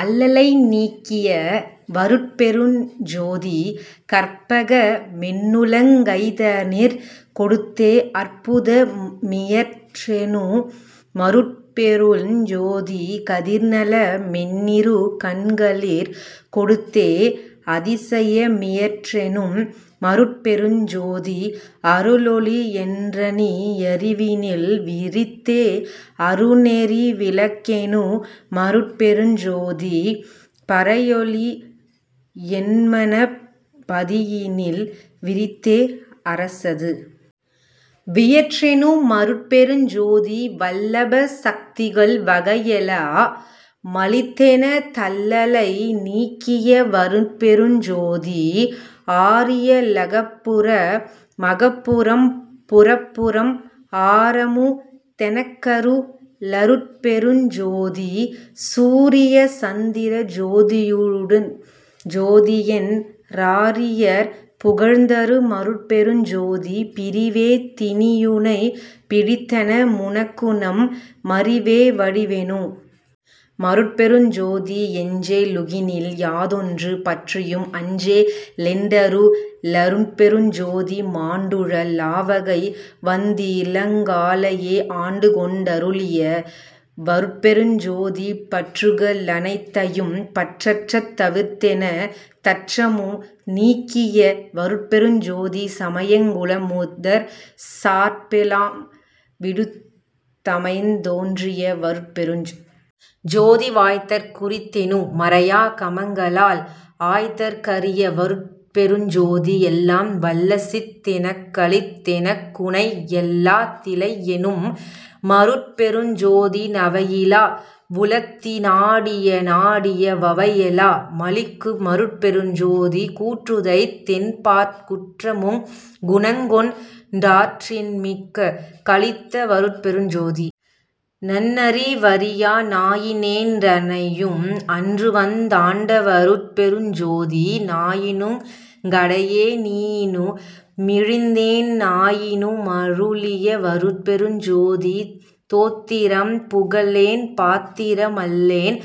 அல்லலை நீக்கிய வருட்பெருஞ் ஜோதி கற்பக மென்னுளங் கைதனிற் கொடுத்தே அற்புத மியற்றெனு மருட்பெருஞ் ஜோதி கதிர்நல மென்னிரு கண்களிற் கொடுத்தே அதிசய மியற்றெனு மருட்பெருஞ் ஜோதி அருளொளி யென்றனி யறிவினில் விரித்தே அருணெறி விளக்கெனு மருட்பெருஞ் ஜோதி பரையொளி யென்மனப் பதியினில் விரித்தே அரசது வியற்றெனு மருட்பெருஞ் ஜோதி வல்லப சக்திகள் வகையெலா மளித்தென தல்லலை நீக்கிய வருட்பெருஞ் ஜோதி ஆரிய லகம்புற மகப்புறம் புறப்புறம் ஆரமு தெனக்கரு ளருட்பெருஞ் ஜோதி சூரிய சந்திர ஜோதியுட் ஜோதியென் றாரியர் புகழ்தரு மருட்பெருஞ் ஜோதி பிறிவே தினியுனைப் பிடித்தன முனக்குநம் மறிவே வடிவெனு மருட்பெருஞ் ஜோதி எஞ்சே லுகினில் யாதொன்று பற்றியும் அஞ்சே லென்றரு ளருட்பெருஞ் ஜோதி மாண்டுழ லாவகை வந்திளங் காலையே ஆண்டுகொண் டருளிய வருட்பெருஞ் ஜோதி பற்றுக ளனைத்தையும் பற்றறத் தவிர்த்தென தற்றமு நீக்கிய வருட்பெருஞ் ஜோதி சமயங் குலமுதற் சார்பெலாம் விடுத்த அமயந் தோன்றிய வருட்பெருஞ் ஜோதி வாய்தற் குரித்தெனு மறையா கமங்களால் ஆய்தற் கரிய வருட்பெருஞ் ஜோதி எல்லாம் வல்லசித் தெனக்களித் தெனக்குனை யல்லா திலையெனும் மருட்பெருஞ் ஜோதி நவையிலா வுளத்தி னாடிய நாடிய வவையெலா மளிக்கு மருட்பெருஞ் ஜோதி கூற்றுதைத் தென்பாற் குற்றமுங் குணங்கொண் டாற்றன்மிக் களித்த வருட்பெருஞ் ஜோதி நன்னறி வறியா நாயினேன் றனையும் அன்றுவந் தாண்ட வருட்பெருஞ் ஜோதி நாயினுங் கடையே னீயினு மிழிந்தேன் ஆயினு மருளிய வருட்பெருஞ் ஜோதி தோத்திரம் புகலேன் பாத்திர மல்லேன்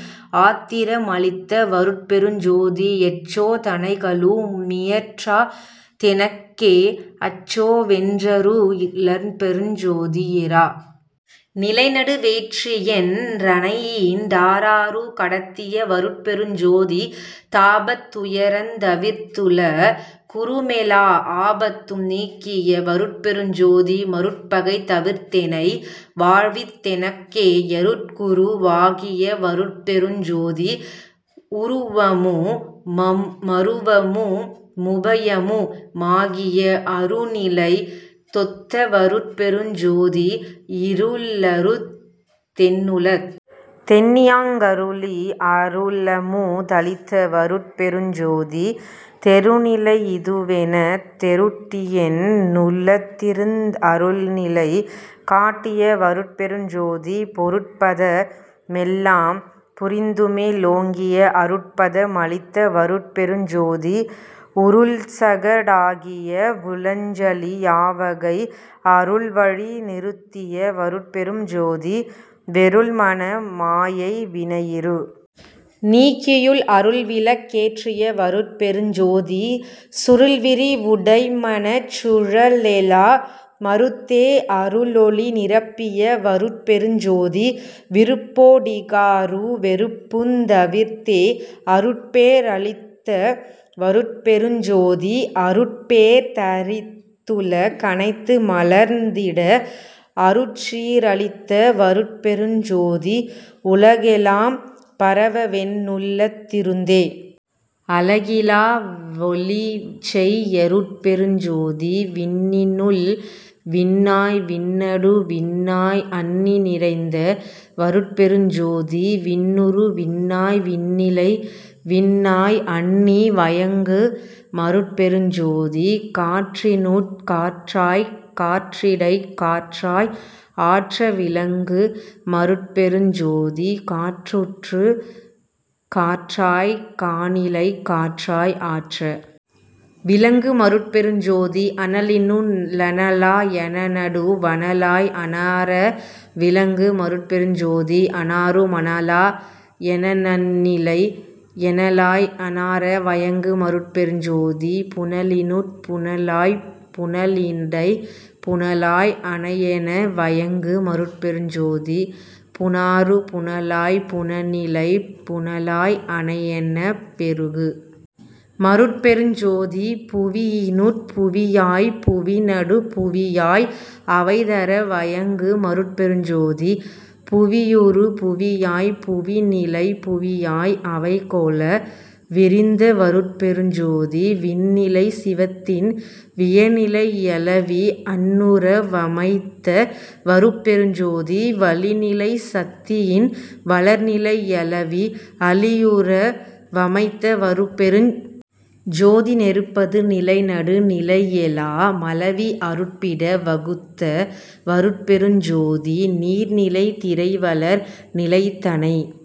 ஆத்திர மளித்த வருட்பெருஞ் ஜோதி எச்சோ தனைகளு மியற்றா தெனக்கே அச்சோ வென்றரு ளருட்பெருஞ் ஜோதி ஏறா நிலைநடு வேற்றியென் றனையீண் டாறாறு கடத்திய வருட்பெருஞ் ஜோதி தாபத் துயரந் தவிர்த்துல குறுமெலா ஆபத்தும் நீக்கிய வருட்பெருஞ் ஜோதி மருட்பகை தவிர்த்தெனை வாழ்வித் தெனக்கே யருட்குரு வாகிய வருட்பெருஞ் ஜோதி உருவமு மருவமு முபயமு மாகிய அருணிலை தொத்த வருட்பெருஞ் ஜோதி இருளறுத் தென்னுளத் தெண்ணியாங் கருளி அருளமு தளித்த வருட்பெருஞ் ஜோதி தெருணிலை யிதுவெனத் தெருட்டியென் னுளத்திருந் அருணிலை காட்டிய வருட்பெருஞ் ஜோதி பொருட்பத மெல்லாம் புரிந்துமே லோங்கிய அருட்பத மளித்த வருட்பெருஞ் ஜோதி உருள்சக டாகிய வுளஞ்சலி யாவகை அருள்வழி நிறுத்திய வருட்பெருஞ் ஜோதி வெருள்மன மாயை வினையிரு ணீக்கியுள் அருள்விளக் கேற்றிய வருட்பெருஞ் ஜோதி சுருள்விரி வுடைமனச் சுழலெலா மறுத்தே அருளொளி நிரப்பிய வருட்பெருஞ் ஜோதி விருப்போ டிகாறு வெறுப்புந் தவிர்த்தே அருட்பே றளித்த வருட்பெருஞ் ஜோதி அருட்பேர் தரித்துல கனைத்து மலர்ந்திட அருட்சீ ரளித்த வருட்பெருஞ் ஜோதி உலகெலாம் பரவவென் னுள்ளத் திருந்தே அலகிலா வொளிசெய் யருட்பெருஞ் ஜோதி விண்ணினுள் விண்ணாய் விண்ணடு விண்ணாய் அண்ணி நிறைந்த வருட்பெருஞ் ஜோதி விண்ணுறு விண்ணாய் விண்ணிலை விண்ணாய் அண்ணி வயங்கு மருட்பெருஞ் ஜோதி காற்றினுட் காற்றாய்க் காற்றிடைக் காற்றாய் ஆற்ற விளங்கு மருட்பெருஞ் ஜோதி காற்றுற்று காற்றாய்க் கானிலைக் காற்றாய் ஆற்ற விளங்கு மருட்பெருஞ் ஜோதி அனலினு ளனலா யனனடு வனலாய் அனாற விளங்கு மருட்பெருஞ் ஜோதி அனாறு மனலா யனனன்னிலை யனலாய் அனாற வயங்கு மருட்பெருஞ் ஜோதி புனலினுட் புனலாய்ப் புனலிடைப் புனலாய் அனையென வயங்கு மருட்பெருஞ் ஜோதி புனாறு புனலாய்ப் புனனிலைப் புனலாய் அனையெனப் பெருகு மருட்பெருஞ் ஜோதி புவியினுட் புவியாய்ப் புவிநடுப் புவியாய் அவைதர வயங்கு மருட்பெருஞ் ஜோதி புவியுறு புவியாய்ப் புவிநிலைப் புவியாய் அவைகொள விரிந்த வருட்பெருஞ் ஜோதி விண்ணிலை சிவத்தின் வியனிலை யளவி அண்ணுற வமைத்த வருட்பெருஞ் ஜோதி வளிநிலை சத்தியின் வளர்நிலை யளவி அளியுற வமைத்த வருட்பெருஞ் ஜோதி நெருப்பது நிலைநடு நிலையெலா மளவி அருப்பிட வகுத்த வருட்பெருஞ் ஜோதி நீர்நிலை திரைவளர் நிலைதனை